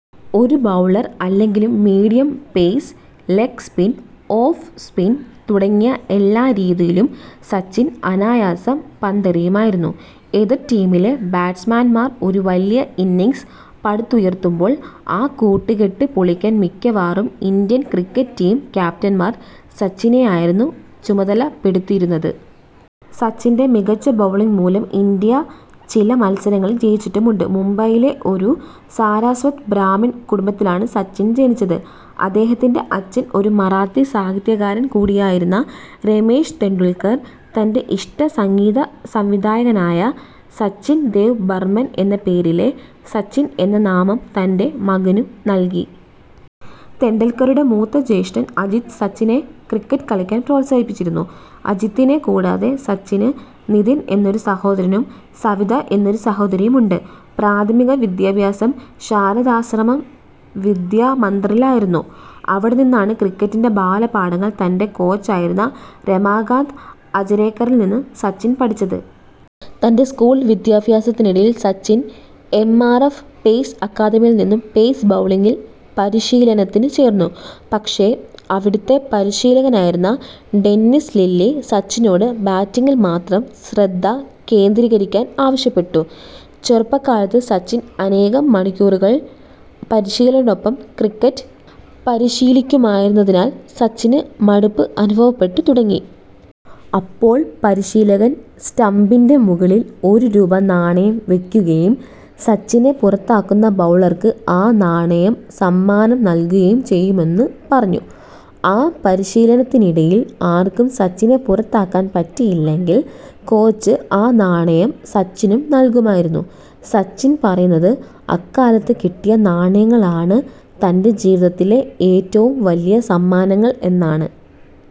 ഒരു ബൗളർ അല്ലെങ്കിലും medium pace, leg spin, off spin തുടങ്ങിയ എല്ലാ രീതിയിലും സച്ചിൻ അനായാസം പന്തെറിയുമായിരുന്നു. എതിർ ടീമിലെ ബാറ്റ്സ്മാൻമാർ ഒരു വലിയ ഇന്നിംഗ്സ് പടുത്തുയർത്തുമ്പോൾ ആ കൂട്ടു കെട്ട് പൊളിക്കാൻ മിക്കവാറും ഇന്ത്യൻ ക്രിക്കറ്റ് ടീം ക്യാപ്റ്റന്മാർ സച്ചിനെയായിരുന്നു ചുമതലപ്പെടുത്തിയിരുന്നത്. സച്ചിന്റെ മികച്ച ബൗളിംഗ് മൂലം ഇന്ത്യ ചില മൽസരങ്ങളിൽ ജയിച്ചിട്ടുമുണ്ട്. മുംബൈയിലെ ഒരു സാരസ്വത് ബ്രാഹ്മിൺ കുടുംബത്തിലാണ് സച്ചിൻ ജനിച്ചത്. അദ്ദേഹത്തിന്റെ അച്ഛൻ ഒരു മറാത്തി സാഹിത്യകാരൻ കൂടിയായിരുന്ന രമേഷ് ടെണ്ടുൽക്കർ, തന്റെ ഇഷ്ട സംഗീത സംവിധായകനായ സച്ചിൻ ദേവ് ബർമ്മൻ എന്ന പേരിലെ സച്ചിൻ എന്ന നാമം തന്റെ മകനു നൽകി. ടെണ്ടുൽക്കറുടെ മൂത്ത ജ്യേഷ്ഠൻ അജിത് സച്ചിനെ ക്രിക്കറ്റ് കളിക്കാൻ പ്രോൽസാഹിപ്പിച്ചിരുന്നു. അജിതിനെ കൂടാതെ സച്ചിന് നിതിൻ എന്നൊരു സഹോദരനും സവിത എന്നൊരു സഹോദരിയുമുണ്ട്. പ്രാഥമിക വിദ്യാഭ്യാസം ശാരദാശ്രം ശാരദശ്രമം വിദ്യാമന്ദിറിലായിരുന്നു. അവിടെ നിന്നാണ് ക്രിക്കറ്റിന്റെ ബാല പാഠങ്ങൾ തന്റെ കോച്ച് ആയിരുന്ന രമാകാന്ത് അചരേക്കറിൽ നിന്ന് സച്ചിൻ പഠിച്ചത്. തന്റെ സ്കൂൾ വിദ്യാഭ്യാസത്തിനിടയിൽ Sachin M. R. F. Pace അക്കാദമിയിൽ നിന്നും പേസ് ബൗളിംഗിൽ പരിശീലനത്തിന് ചേർന്നു. പക്ഷേ അവിടത്തെ പരിശീലകനായിരുന്ന ഡെന്നിസ് ലില്ലി, സച്ചിനോട് ബാറ്റിംഗിൽ മാത്രം ശ്രദ്ധ കേന്ദ്രീകരിക്കാൻ ആവശ്യപ്പെട്ടു. ചെറുപ്പ കാലത്ത് സച്ചിൻ അനേകം മണിക്കൂറുകൾ പരിശീലകനോടൊപ്പം ക്രിക്കറ്റ് പരിശീലിക്കുമായിരുന്നതിനാൽ സച്ചിന് മടുപ്പ് അനുഭവപ്പെട്ടു തുടങ്ങി. അപ്പോൾ പരിശീലകൻ സ്റ്റമ്പിന്റെ മുകളിൽ ഒരു രൂപ നാണയം വെയ്ക്കുകയും സച്ചിനെ പുറത്താക്കുന്ന ബൗളർക്ക് ആ നാണയം സമ്മാനം നൽകുകയും ചെയ്യുമെന്ന് പറഞ്ഞു. ആ പരിശീലനത്തിനിടയിൽ ആർക്കും സച്ചിനെ പുറത്താക്കാൻ പറ്റിയില്ലെങ്കിൽ കോച്ച് ആ നാണയം സച്ചിനും നൽകുമായിരുന്നു. സച്ചിൻ പറയുന്നത് അക്കാലത്ത് കിട്ടിയ നാണയങ്ങൾ ആണ് തന്റെ ജീവിതത്തിലെ ഏറ്റവും വലിയ സമ്മാനങ്ങൾ എന്നാണ്.